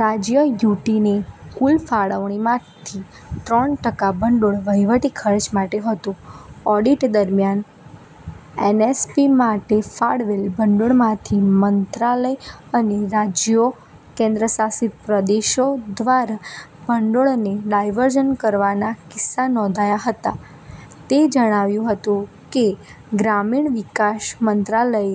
રાજ્ય/યુટીને કુલ ફાળવણીમાંથી ત્રણ ટકા ભંડોળ વહીવટી ખર્ચ માટે હતું. ઓડિટ દરમિયાન, એનએસએપી માટે ફાળવેલ ભંડોળમાંથી મંત્રાલય અને રાજ્યો/ કેન્દ્રશાસિત પ્રદેશો દ્વારા ભંડોળને ડાયવર્ઝન કરવાના કિસ્સા નોંધાયા હતા," તે જણાવ્યું હતું કે "ગ્રામીણ વિકાસ મંત્રાલયે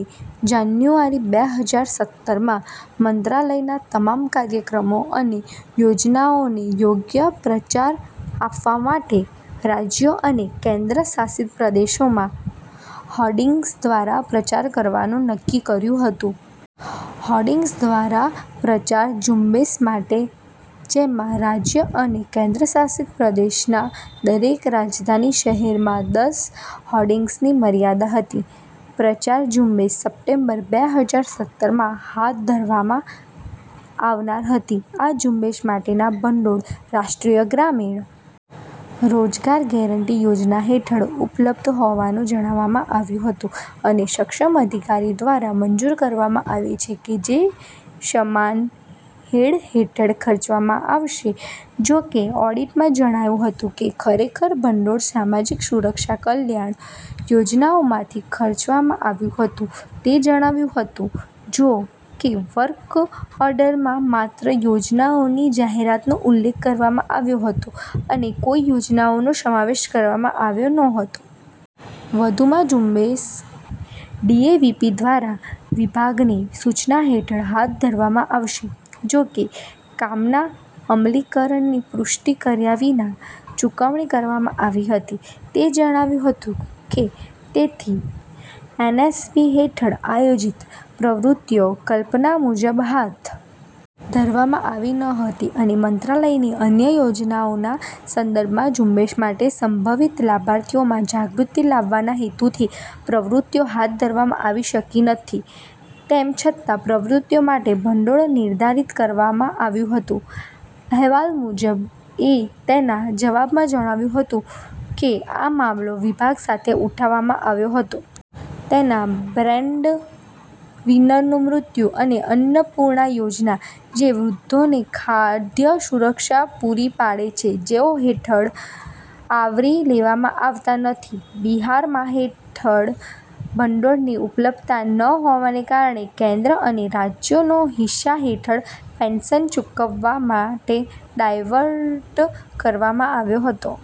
જાન્યુઆરી બે હજાર સત્તરમાં મંત્રાલયના તમામ કાર્યક્રમો અને યોજનાઓને યોગ્ય પ્રચાર આપવા માટે રાજ્યો અને કેન્દ્રશાસિત પ્રદેશોમાં હોર્ડિંગ્સ દ્વારા પ્રચાર કરવાનું નક્કી કર્યું હતું. હોર્ડિંગ્સ દ્વારા પ્રચાર ઝુંબેશ માટે, જેમાં રાજ્ય અને કેન્દ્રશાસિત પ્રદેશના દરેક રાજધાની શહેરમાં દસ હોર્ડિંગ્સની મર્યાદા હતી. પ્રચાર ઝુંબેશ સપ્ટેમ્બર બે હજાર સત્તરમાં હાથ ધરવામાં આવનાર હતી. આ ઝુંબેશ માટેના ભંડોળ રાષ્ટ્રીય ગ્રામીણ રોજગાર ગેરંટી યોજના હેઠળ ઉપલબ્ધ હોવાનું જણાવવામાં આવ્યું હતું અને સક્ષમ અધિકારી દ્વારા મંજૂર કરવામાં આવે છે જે સમાન હેડ હેઠળ ખર્ચવામાં આવશે; જો કે, ઓડિટમાં જણાયું હતું કે ખરેખર ભંડોળ સામાજિક સુરક્ષા કલ્યાણ- યોજનાઓમાંથી ખર્ચવામાં આવ્યું હતું," તે જણાવ્યું હતું "જો કે, વર્ક ઓર્ડરમાં માત્ર યોજનાઓની જાહેરાતનો ઉલ્લેખ કરવામાં આવ્યો હતો અને કોઈ યોજનાઓનો સમાવેશ કરવામાં આવ્યો ન હતો. વધુમાં, ઝુંબેશ ડીએવીપી દ્વારા વિભાગને સૂચના હેઠળ હાથ ધરવામાં આવશે; જો કે, કામના અમલીકરણની પુષ્ટિ કર્યા વિના ચૂકવણી કરવામાં આવી હતી," તે જણાવ્યું હતું કે "તેથી, એનએસએપી હેઠળ આયોજિત પ્રવૃત્તિઓ કલ્પના મુજબ હાથ ધરવામાં આવી ન હતી અને મંત્રાલયની અન્ય યોજનાઓના સંદર્ભમાં ઝુંબેશ માટે સંભવિત લાભાર્થીઓમાં જાગૃતિ લાવવાના હેતુથી પ્રવૃત્તિઓ હાથ ધરવામાં આવી શકી નથી તેમ છતાં પ્રવૃત્તિઓ માટે ભંડોળ નિર્ધારિત કરવામાં આવ્યું હતું," અહેવાલ મુજબ, એ તેના જવાબમાં જણાવ્યું હતું કે આ મામલો વિભાગ સાથે ઉઠાવવામાં આવ્યો હતો. તેના બ્રેડવિનરનું મૃત્યુ, અને અન્નપૂર્ણા યોજના, જે વૃદ્ધોને ખાદ્ય સુરક્ષા પૂરી પાડે છે જેઓ હેઠળ આવરી લેવામાં આવતા નથી. બિહારમાં હેઠળ ભંડોળની ઉપલબ્ધતા ન હોવાને કારણે કેન્દ્ર અને રાજ્યનો હિસ્સા હેઠળ પેન્શન ચૂકવવા માટે ડાયવર્ટ કરવામાં આવ્યો હતો.